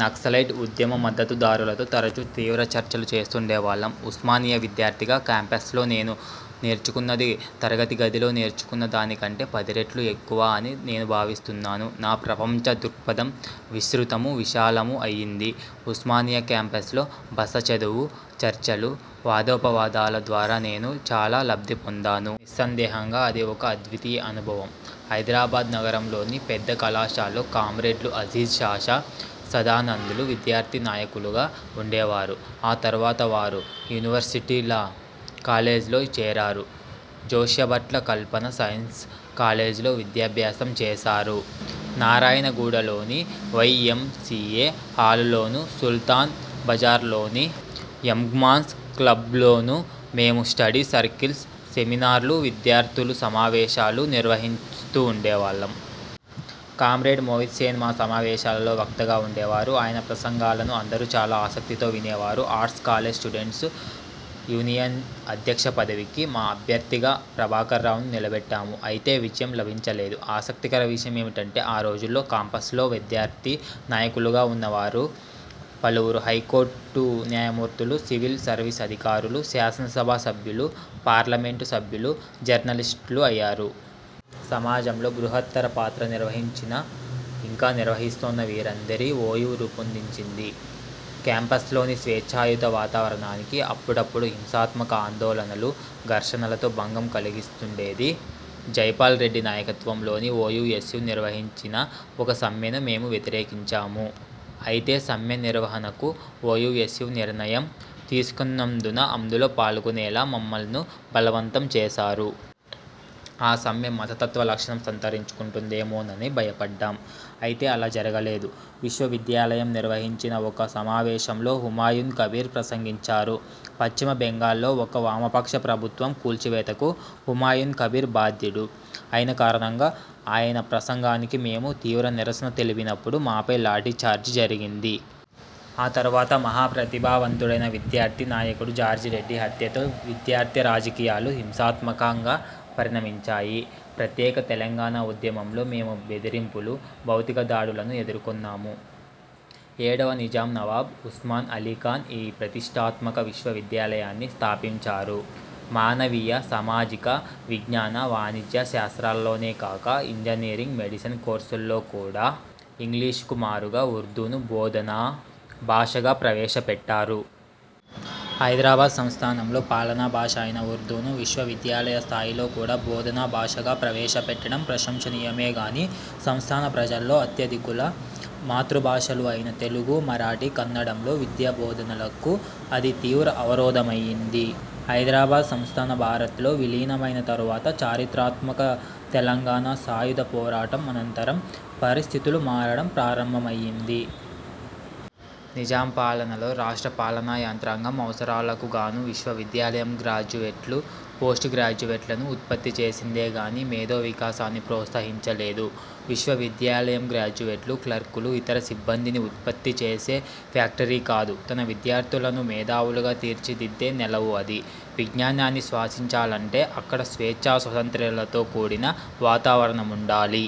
నక్సలైట్ ఉద్యమ మద్దతుదారులతో తరచు తీవ్ర చర్చలు చేస్తుండేవాళ్ళం. ఉస్మానియా విద్యార్థిగా కేంపస్లో నేను నేర్చుకున్నది తరగతి గదిలో నేర్చుకున్న దానికంటే పదిరెట్లు ఎక్కువ అని నేను భావిస్తున్నాను. నా ప్రపంచ దృక్పథం విస్తృతమూ, విశాలమూ అయింది. ఉస్మానియా కేంపస్లో బస, చదువు, చర్చలు, వాదోపవాదాల ద్వారా నేను చాలా లబ్ధి పొందాను. నిస్సందేహంగా అది ఒక అద్వితీయ అనుభవం. హైదరాబాద్ నగరంలోని పెద్ద కళాశాలల్లో కామ్రేడ్లు అజీజ్ పాషా, సదానంద్లు విద్యార్థి నాయకులుగా వుండేవారు. ఆ తరువాత వారు యూనివర్శిటీ లా కాలేజ్లో చేరారు. జోస్యభట్ల కల్పన సైన్స్ కాలేజ్లో విద్యాభ్యాసం చేశారు. నారాయణగూడలోని వైఎంసీఏ హాలులోను, సుల్తాన్ బజార్లోని యంగ్మాన్స్ క్లబ్లోను మేము స్టడీ సర్కిల్స్, సెమినార్లు, విద్యార్థుల సమావేశాలు నిర్వహిస్తుండేవాళ్ళం. కామ్రేడ్ మోహిత్ సేన్ మా సమావేశాలలో వక్తగా వుండేవారు. ఆయన ప్రసంగాలను అందరూ చాలా ఆసక్తితో వినేవారు. ఆర్ట్స్ కాలేజ్ స్టూడెంట్స్ యూనియన్ అధ్యక్ష పదవికి మా అభ్యర్థిగా ప్రభాకరరావును నిలబెట్టాము. అయితే విజయం లభించలేదు. ఆసక్తికర విషయమేమిటంటే ఆ రోజుల్లో కేంపస్లో విద్యార్థి నాయకులుగా ఉన్న వారిలో పలువురు హైకోర్టు న్యాయమూర్తులు, సివిల్ సర్వీస్ అధికారులు, శాసనసభ్యులు, పార్లమెంటు సభ్యులు, జర్నలిస్టులు అయ్యారు. సమాజంలో బృహత్తర పాత్ర నిర్వహించిన, ఇంకా నిర్వహిస్తోన్న వీరందరినీ ఓయూ రూపొందించింది. కేంపస్లోని స్వేచ్ఛాయుత వాతావరణానికి అప్పుడప్పుడూ హింసాత్మక ఆందోళనలు, ఘర్షణలతో భంగం కలుగుతుండేది. జైపాల్ రెడ్డి నాయకత్వంలోని ఓయూఎస్యూ నిర్వహించిన ఒక సమ్మెను మేము వ్యతిరేకించాము. అయితే సమ్మె నిర్వహణకు ఓయూఎస్యూ నిర్ణయం తీసుకున్నందున అందులో పాల్గొనేలా మమ్ములను బలవంతం చేశారు. ఆ సమ్మె మతతత్వ లక్షణం సంతరించుకొంటుందేమోనని భయపడ్డాం. అయితే అలా జరగలేదు. విశ్వవిద్యాలయం నిర్వహించిన ఒక సమావేశంలో హుమాయున్ కబీర్ ప్రసంగించారు. పశ్చిమ బెంగాల్లో ఒక వామపక్ష ప్రభుత్వం కూల్చివేతకు హుమాయున్ కబీర్ బాధ్యుడు అయిన కారణంగా ఆయన ప్రసంగానికి మేము తీవ్ర నిరసన తెలిపినప్పుడు మాపై లాఠీచార్జి జరిగింది. ఆ తరువాత, మహాప్రతిభావంతుడైన విద్యార్థినాయకుడు జార్జిరెడ్డి హత్యతో విద్యార్థి రాజకీయాలు హింసాత్మకంగా పరిణమించాయి. ప్రత్యేక తెలంగాణ ఉద్యమంలో మేము బెదిరింపులు, భౌతికదాడులను ఎదుర్కొన్నాము. ఏడవ నిజాం నవాబు ఉస్మాన్ అలీ ఖాన్ ఈ ప్రతిష్ఠాత్మక విశ్వవిద్యాలయాన్ని స్థాపించారు. మానవీయ, సామాజిక, విజ్ఞాన, వాణిజ్య, శాస్త్రాలలోనేకాక ఇంజనీరింగ్ మెడిసిన్ కోర్సులలో కూడా ఇంగ్లీషుకు మారుగా ఉర్దూను బోధనా భాషగా ప్రవేశపెట్టారు. హైదరాబాద్ సంస్థానంలో పాలనా భాష అయిన ఉర్దూను విశ్వవిద్యాలయ స్థాయిలో కూడా బోధనా భాషగా ప్రవేశపెట్టడం ప్రశంసనీయమేగానీ సంస్థానప్రజల్లో అత్యధికుల మాతృభాషలు అయిన తెలుగు, మరాఠీ, కన్నడంలో విద్యాబోధనకు అది తీవ్ర అవరోధమైంది. హైదరాబాద్ సంస్థానం భారత్లో విలీనమైన తరువాత, చరిత్రాత్మక తెలంగాణ సాయుధ పోరాటం అనంతరం పరిస్థితులు మారడం ప్రారంభమయింది. నిజాం పాలనలో రాష్ట్ర పాలనా యంత్రాంగం అవసరాలకుగాను విశ్వవిద్యాలయం గ్రాడ్యుయేట్లు, పోస్ట్ గ్రాడ్యుయేట్లను ఉత్పత్తిచేసిందే గానీ మేధో వికాసాన్ని ప్రోత్సహించలేదు. విశ్వవిద్యాలయం గ్రాడ్యుయేట్లు, క్లర్కులు, ఇతర సిబ్బందిని ఉత్పత్తిచేసే ఫ్యాక్టరీ కాదు. తన విద్యార్థులను మేధావులుగా తీర్చిదిద్దే నెలవు అది. విజ్ఞానాన్ని శ్వాసించాలంటే అక్కడ స్వేచ్ఛా స్వాతంత్ర్యాలతో కూడిన వాతావరణముండాలి.